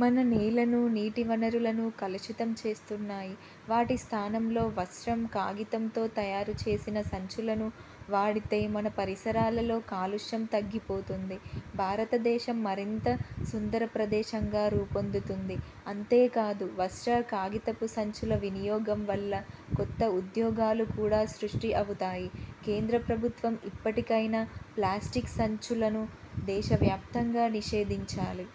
మన నేలను, నీటి వనరులను కలుషితం చేస్తున్నాయి. వాటి స్థానంలో వస్త్రం, కాగితంతో తయారుచేసిన సంచులను వాడితే మన పరిసరాలలో కాలుష్యం తగ్గిపోతుంది. భారతదేశం మరింత సుందరప్రదేశంగా రూపొందుతుంది. అంతేకాదు వస్త్ర, కాగితపు సంచుల వినియోగం వల్ల కొత్త ఉద్యోగాలు కూడా సృష్టి అవుతాయి. కేంద్ర ప్రభుత్వం ఇప్పటికైనా ప్లాస్టిక్ సంచులను దేశవ్యాప్తంగా నిషేధించాలి.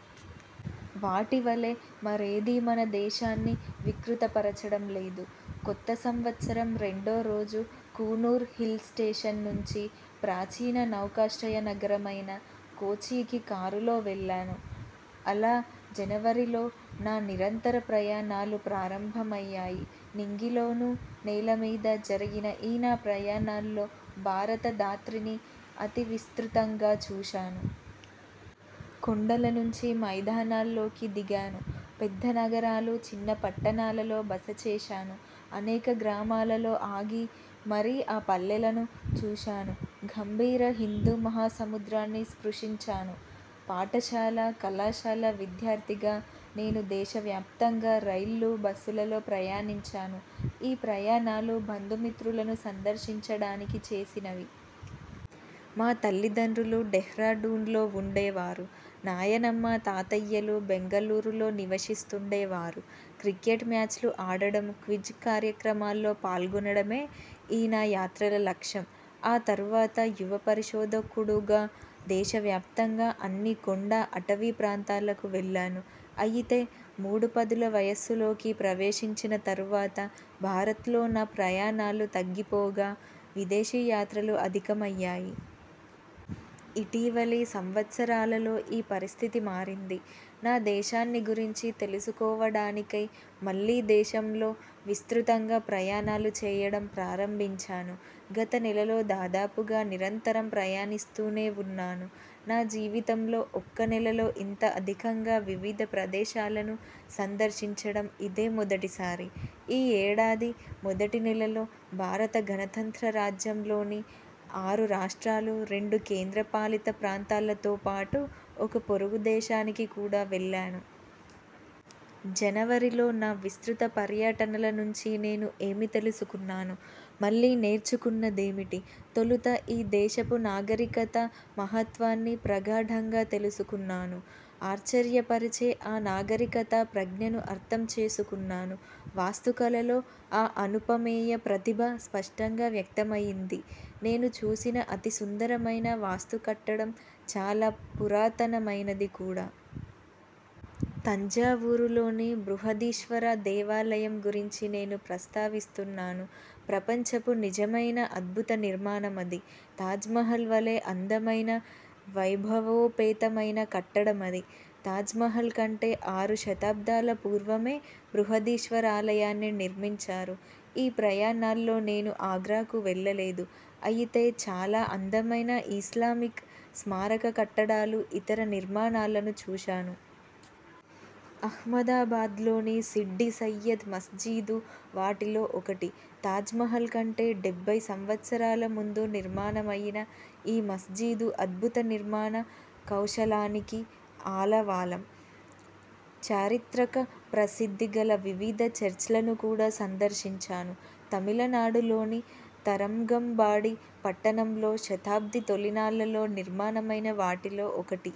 వాటి వలే మరేదీ మన దేశాన్ని వికృతపరచడం లేదు. కొత్త సంవత్సరం రెండో రోజు కూనూర్ హిల్ స్టేషన్ నుంచి ప్రాచీన నౌకాశ్రయ నగరమైన కోచికి కారులో వెళ్ళాను. అలా, జనవరిలో నా నిరంతర ప్రయాణాలు ప్రారంభమయ్యాయి. నింగిలోనూ, నేలమీద జరిగిన ఈ నా ప్రయాణాల్లో భారత ధాత్రిని అతి విస్తృతంగా చూశాను. కొండల నుంచి మైదానాల్లోకి దిగాను; పెద్ద నగరాలు, చిన్న పట్టణాలలో బస చేశాను; అనేక గ్రామాలలో ఆగి, మరీ ఆ పల్లెలను చూశాను; గంభీర హిందూ మహాసముద్రాన్నీ స్పృశించాను. పాఠశాల, కళాశాల విద్యార్థిగా నేను దేశవ్యాప్తంగా రైళ్ళు, బస్సులలో ప్రయాణించాను. ఈ ప్రయాణాలు బంధుమిత్రులను సందర్శించడానికి చేసినవి. మా తల్లిదండ్రులు డెహ్రాడూన్లో వుండేవారు. నాయనమ్మ, తాతయ్యలు బెంగళూరులో నివశిస్తుండేవారు. క్రికెట్ మ్యాచ్లు ఆడడం, క్విజ్ కార్యక్రమాల్లో పాల్గొనడమే ఈ నా యాత్రల లక్ష్యం. ఆ తరువాత యువ పరిశోధకుడుగా దేశవ్యాప్తంగా అన్ని కొండ, అటవీ ప్రాంతాలకు వెళ్ళాను. అయితే మూడు పదుల వయస్సులోకి ప్రవేశించిన తరువాత భారత్లో నా ప్రయాణాలు తగ్గిపోగా, విదేశీ యాత్రలు అధికమయ్యాయి. ఇటీవలి సంవత్సరాలలో ఈ పరిస్థితి మారింది. నా దేశాన్ని గురించి తెలుసుకోవడానికై మళ్ళీ దేశంలో విస్తృతంగా ప్రయాణాలు చేయడం ప్రారంభించాను. గత నెలలో దాదాపుగా నిరంతరం ప్రయాణిస్తూనే వున్నాను. నా జీవితంలో ఒక్క నెలలో ఇంత అధికంగా వివిధ ప్రదేశాలను సందర్శించడం ఇదే మొదటిసారి. ఈ ఏడాది మొదటి నెలలో, భారత గణతంత్ర రాజ్యంలోని ఆరు రాష్ట్రాలు, రెండు కేంద్ర పాలిత ప్రాంతాలతో పాటు ఒక పొరుగు దేశానికి కూడా వెళ్ళాను. జనవరిలో నా విస్తృత పర్యటనల నుంచి నేను ఏమి తెలుసుకున్నాను? మళ్ళీ నేర్చుకున్నదేమిటి? తొలుత, ఈ దేశపు నాగరికతా మహత్వాన్ని ప్రగాఢంగా తెలుసుకున్నాను. ఆశ్చర్యపరిచే ఆ నాగరికత ప్రజ్ఞను అర్థం చేసుకున్నాను. వాస్తుకళలో ఆ అనుపమేయ ప్రతిభ స్పష్టంగా వ్యక్తమయింది. నేను చూసిన అతి సుందరమైన వాస్తుకట్టడం చాలా పురాతనమైనది కూడా. తంజావూరులోని బృహదీశ్వర దేవాలయం గురించి నేను ప్రస్తావిస్తున్నాను. ప్రపంచపు నిజమైన అద్భుత నిర్మాణమది. తాజ్మహల్ వలే అందమైన, వైభవోపేతమైన కట్టడమది. తాజ్మహల్ కంటే ఆరు శతాబ్దాల పూర్వమే బృహదీశ్వరాలయాన్ని నిర్మించారు. ఈ ప్రయాణాల్లో నేను ఆగ్రాకు వెళ్ళలేదు. అయితే చాలా అందమైన ఇస్లామిక్ స్మారక కట్టడాలు, ఇతర నిర్మాణాలను చూశాను. అహ్మదాబాద్లోని సిడ్డి సయ్యద్ మస్జీదు వాటిలో ఒకటి. తాజ్మహల్ కంటే డెబ్బై సంవత్సరాల ముందు నిర్మాణమయిన ఈ మస్జీదు అద్భుత నిర్మాణ కౌశలానికి ఆలవాలం. చారిత్రక ప్రసిద్ధి గల వివిధ చర్చ్లను కూడా సందర్శించాను. తమిళనాడులోని తరంగంబాడి పట్టణంలో శతాబ్ది తొలినాళ్ళలో నిర్మాణమైన వాటిలో ఒకటి.